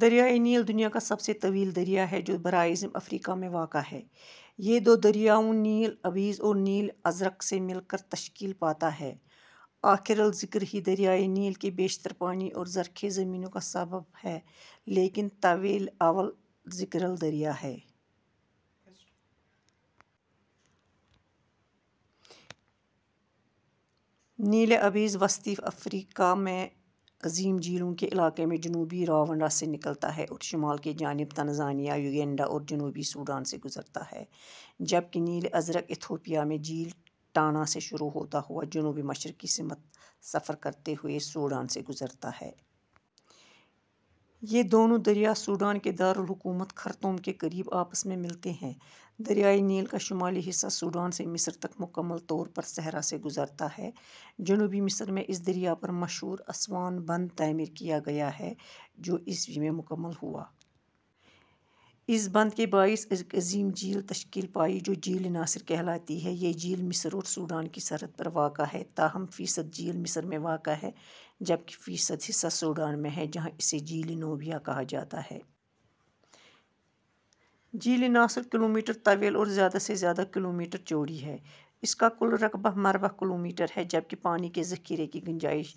دریائے نیل دنیا کا سب سے طویل دریا ہے جو براعظم افریقا میں واقع ہے۔ یہ دو دریاؤں نیل ابیض اور نیل ازرق سے مل کر تشکیل پاتا ہے۔ آخر الذکر ہی دریائے نیل کے بیشتر پانی اور زرخیز زمینوں کا سبب ہے لیکن طویل اول الذکر دریا ہے۔ نیل ابیض وسطی افریقا میں عظیم جھیلوں کے علاقے میں جنوبی روانڈا سے نکلتا ہے اور شمال کی جانب تنزانیہ ، یوگینڈا اور جنوبی سوڈان سے گذرتا ہے، جبکہ نیل ازرق ایتھوپیا میں جھیل ٹانا سے شروع ہوتا ہوا جنوب مشرق کی سمت سفر کرتے ہوئے سوڈان سے گذرتا ہے۔ یہ دونوں دریا سوڈان کے دار الحکومت خرطوم کے قریب آپس میں ملتے ہیں۔ دریائے نیل کا شمالی حصہ سوڈان سے مصر تک مکمل طور پر صحرا سے گذرتا ہے۔ جنوبی مصر میں اس دریا پر مشہور اسوان بند تعمیر کیا گیا ہے، جو ء میں مکمل ہوا۔ اس بند کے باعث ایک عظیم جھیل تشکیل پائی جو جھیل ناصر کہلاتی ہے۔ یہ جھیل مصر اور سوڈان کی سرحد پر واقع ہے تاہم فیصد جھیل مصر میں واقع ہے، جبکہ فیصد حصہ سوڈان میں ہے جہاں اسے جھیل نوبیا کہا جاتا ہے۔ جھیل ناصر کلومیٹر طویل اور زیادہ سے زیادہ کلومیٹر چوڑی ہے۔ اس کا کل رقبہ ، مربع کلومیٹر ہے، جبکہ پانی کے ذخیرے کی گنجائش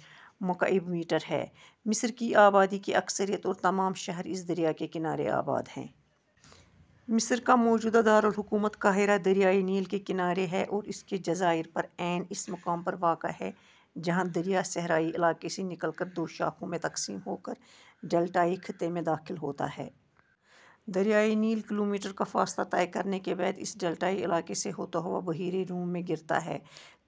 مکعب میٹر ہے۔ مصر کی آبادی کی اکثریت اور تمام شہر اسی دریا کے کنارے آباد ہیں۔ مصر کا موجودہ دار الحکومت قاہرہ دریائے نیل کے کنارے ہے اور اس کے جزائر پر عین اس مقام پر واقع ہے جہاں دریا صحرائی علاقے سے نکل کر دو شاخوں میں تقسیم ہوکر ڈیلٹائی خطے میں داخل ہوتا ہے۔ دریائے نیل ، کلومیٹر کا سفر طے کرنے کے بعد اس ڈیلٹائی علاقے سے ہوتا ہوا بحیرہ روم میں گرتا ہے۔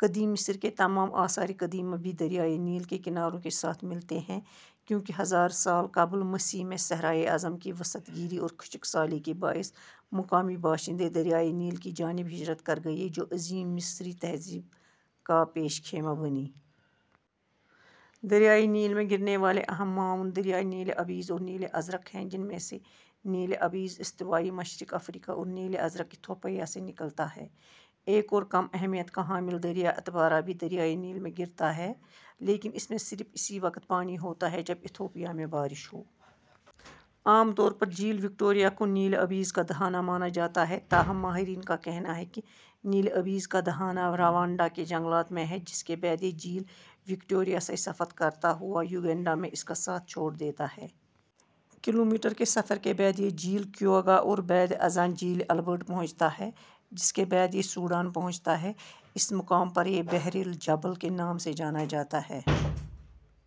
قدیم مصر کے تمام آثار قدیمہ بھی دریائے نیل کے کناروں کے ساتھ ملتے ہیں کیونکہ ہزار سال قبل مسیح میں صحرائے اعظم کی وسعت گیری اور خشک سالی کے باعث مقامی باشندے دریائے نیل کی جانب ہجرت کر گئے جو عظیم مصری تہذیب کا پیش خیمہ بنی۔ دریائے نیل میں گرنے والے اہم معاون دریا نیل ابیض اور نیل ازرق ہیں جن میں سے نیل ابیض استوائی مشرقی افریقہ اور نیل ازرق ایتھوپیا سے نکلتا ہے۔ ایک اور کم اہمیت کا حامل دریا اتبارا بھی دریائے نیل میں گرتا ہے لیکن اس میں صرف اسی وقت پانی ہوتا ہے جب ایتھوپیا میں بارش ہو۔ عام طور پر جھیل وکٹوریہ کو نیل ابیض کا دہانہ مانا جاتا ہے تاہم ماہرین کا کہنا ہے کہ نیل ابیض کا دہانہ روانڈا کے جنگلات میں ہے جس کے بعد یہ جھیل وکٹوریہ سے سفر کرتا ہوا یوگینڈا میں اس کا ساتھ چھوڑدیتا ہے۔ کلومیٹر کے سفر کے بعد یہ جھیل کیوگا اور بعد ازاں جھیل البرٹ پہنچتا ہے جس کے بعد یہ سوڈان پہنچتا ہے۔ اس مقام پر یہ بحر الجبل کے نام سے جانا جاتا ہے۔